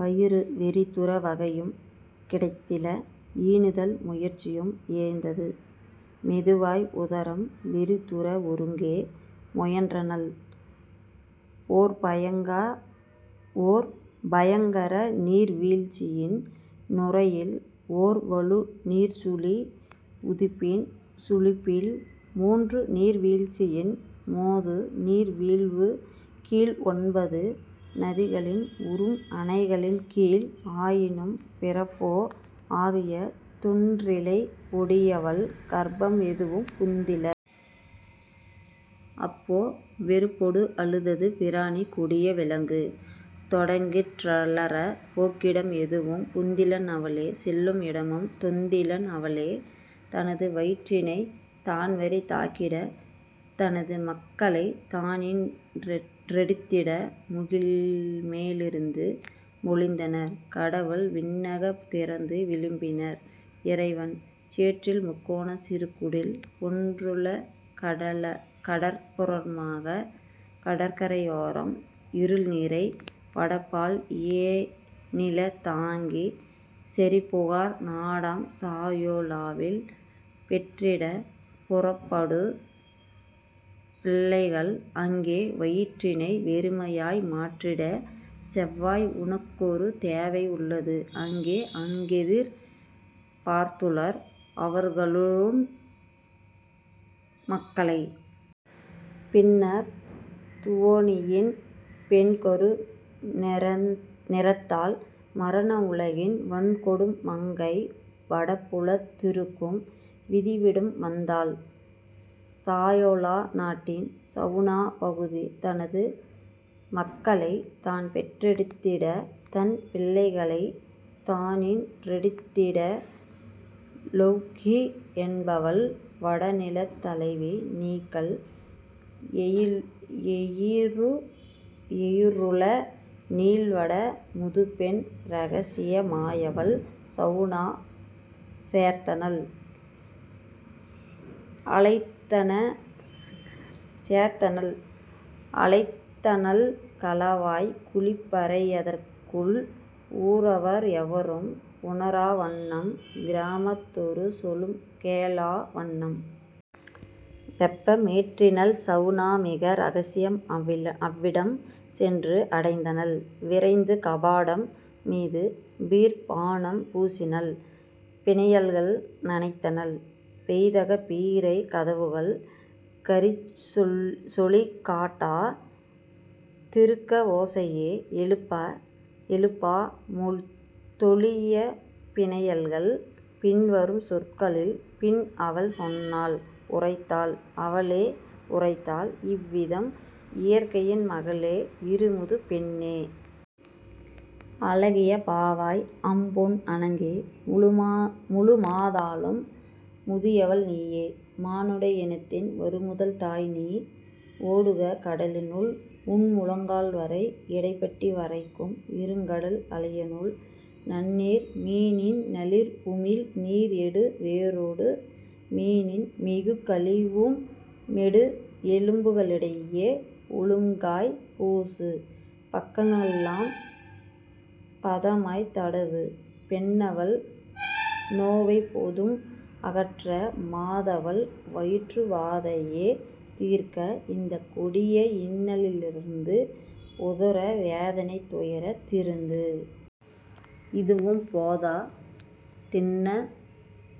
வயிறு வெறிதுற வகையும் கிடைத்தில. ஈனுதல் முயற்சியும் இயைந்தது மெதுவாய் உதரம் வெறிதுற ஒருங்கே முயன்றனள் ஓர்பயங் கரநீர் வீழ்ச்சியின் நுரையில் ஓர்வலு நீர்ச்சுழி உதிப்பின் சுழிப்பில் மூன்றுநீர் வீழ்ச்சியின் மோதுநீர் வீழ்வுகீழ் ஒன்பது நதிகளின் உறும்அணை களின்கீழ் ஆயினும் பிறப்போ ஆகிய தொன்றிலை கொடியவள் கர்ப்பம் எதுவும் புந்தில. அப்போ வெறுப்பொடு அழுதது பிராணி கொடிய விலங்கு தொடங்கிற் றலற போக்கிடம் எதுவும் புந்திலள் அவளே செல்லும் இடமும் தொந்திலள் அவளே தனது வயிற்றினைத் தான்வெறி தாக்கிட தனது மக்களைத் தானீன் றெடுத்திட. முகில்மே லிருந்து மொழிந்தனர் கடவுள் விண்ணகத் திருந்து விளம்பினர் இறைவன்: "சேற்றில்முக் கோணச் சிறுகுடில் ஒன்றுள கடற் புறமாகக் கடற்கரை யோரம் இருள்நிறை வடபால் இயைநிலத் தாங்கே செறிபு கார் நாடாம் சாயோ லாவில்; பெற்றிடப் புறப்படு பிள்ளைகள் அங்கே வயிற்றினை வெறுமையாய் மாற்றிடச் செல்வாய் உனக்கொரு தேவை உள்ளது அங்கே அங்கெதிர் பார்த்துளர் அவர்களுன் மக்களை. " பின்னர் துவோனியின் பெண்கரு நிறத்தாள் மரண உலகின் வன்கொடும் மங்கை வடபுலத் திருக்கும் வதிவிடம் வந்தாள் சாயொலா நாட்டின் சவுனாப் பகுதி தனது மக்களைத் தான்பெற் றெடுத்திட தன்பிள் ளைகளைத் தானீன் றெடுத்திட. லொவ்ஹி என்பவள் வடநிலத் தலைவி நீக்கல் எயிறுள நீள்வட முதுபெண் இரகசிய மாயவள் சவுனாச் சேர்த்தனள் அழைத்தனள் களவாய்க் குளிப்பறை யதற்குள் ஊரவர் எவரும் உணரா வண்ணம் கிராமத் தொருசொலும் கேளா வண்ணம். வெப்பமேற் றினள்சவு னாமிக ரகசியம் அவ்விடம் சென்று அடைந்தனள் விரைந்து கபாடம் மீது பீர் ப் பானம் பூசினள் பிணையல்கள் நனைத்தனள் பெய்தகப் பீரை கதவுகள் கறீச்சொலிக் காட்டா திருக்க ஓசையை எழுப்பா தொழியப் பிணையல்கள். பின்வரும் சொற்களில் பின்அவள் சொன்னாள் உரைத்தாள் அவளே உரைத்தாள் இவ்விதம்: "இயற்கையின் மகளே இருமுது பெண்ணே! அழகிய பாவாய் அம்பொன் அணங்கே! முழுமா தாலும் முதியவள் நீயே! மானுட இனத்தின் வருமுதல் தாய்நீ! ஓடுக, கடலினுள் உன்முழங் கால்வரை, இடைப்பட்டி வரைக்கும் இருங்கடல் அலையினுள் நன்னீர் மீனின் நளிர்உமிழ் நீர்எடு வேறொரு மீனின் மிகுகழி வும்மெடு எலும்புக ளிடையே ஒழுங்காய்ப் பூசு பக்கங்க ளெல்லாம் பதமாய்த் தடவு பெண்ணவள் நோவைப் பொதும் அகற்ற மாதவள் வயிற்று வாதையைத் தீர்க்க இந்தக் கொடிய இன்னலி லிருந்து உதர வேதனைத் துயரத் திருந்து! இதுவும் போதா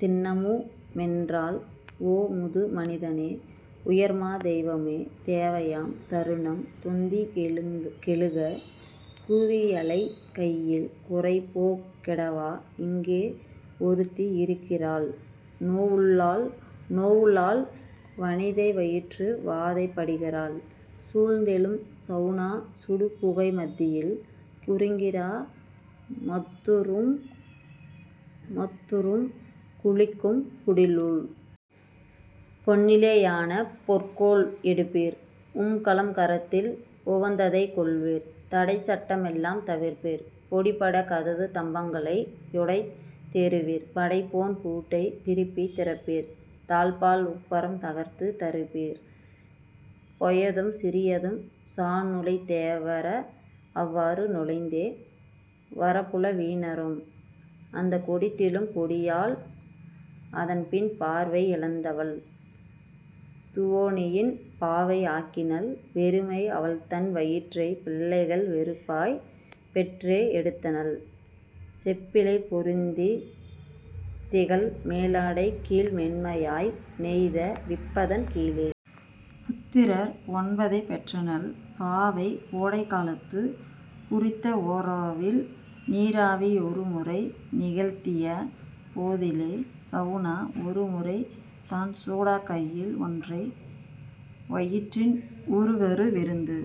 தின்னமு மென்றால், ஓ, முது மனிதனே, உயர்மா தெய்வமே! தேவையாம் தருணம் தொந்திங் கெழுக கூவியழைக் கையில் குறைபோக் கிடவா இங்கே ஒருத்தி இருக்கிறாள் நோவுளாள் வனிதை வயிற்று வாதைப் படுகிறாள் சூழ்ந்தெழும் சவுனா சுடுபுகை மத்தியில் குறுங்கிரா மத்துறும் குளிக்கும் குடிலுள். பொன்னிலே யான பொற்கோல் எடுப்பீர் உம்வலக் கரத்தில் உவந்ததைக் கொள்வீர் தடைச்சட் டமெலாம் தவிர்ப்பீர் பொடிபட கதவுத் தம்பங் களையுடைத் தெறிவீர் படைப்போன் பூட்டைத் திருப்பித் திறப்பீர் தாழ்ப்பாள் உட்புறம் தகர்த்துத் தறிப்பீர் பொயதும் சிறியதும் சாநுழைந் தேவர அவ்வாறு நுழைந்தே வரப்பல வீனரும்! " அந்தக் கொடிதிலும் கொடியாள் அதன்பின் பார்வை யிழந்தவள் துவோனியின் பாவை ஆக்கினள் வெறுமை அவள்தன் வயிற்றை பிள்ளைகள் வெறுப்பாய்ப் பெற்றே எடுத்தனள் செப்பிழை பொருந்தித் திகழ்மே லாடைகீழ் மென்மையாய் நெய்த விப்பதன் கீழே. புத்திரர் ஒன்பதைப் பெற்றனள் பாவை கோடைகா லத்து குறித்தவோ ரவில் நீராவி யொருமுறை நிகழ்த்திய போதிலே சவுனா ஒருமுறை தான்சூ டாகையில் ஒற்றை வயிற்றின் உறுகரு விருந்து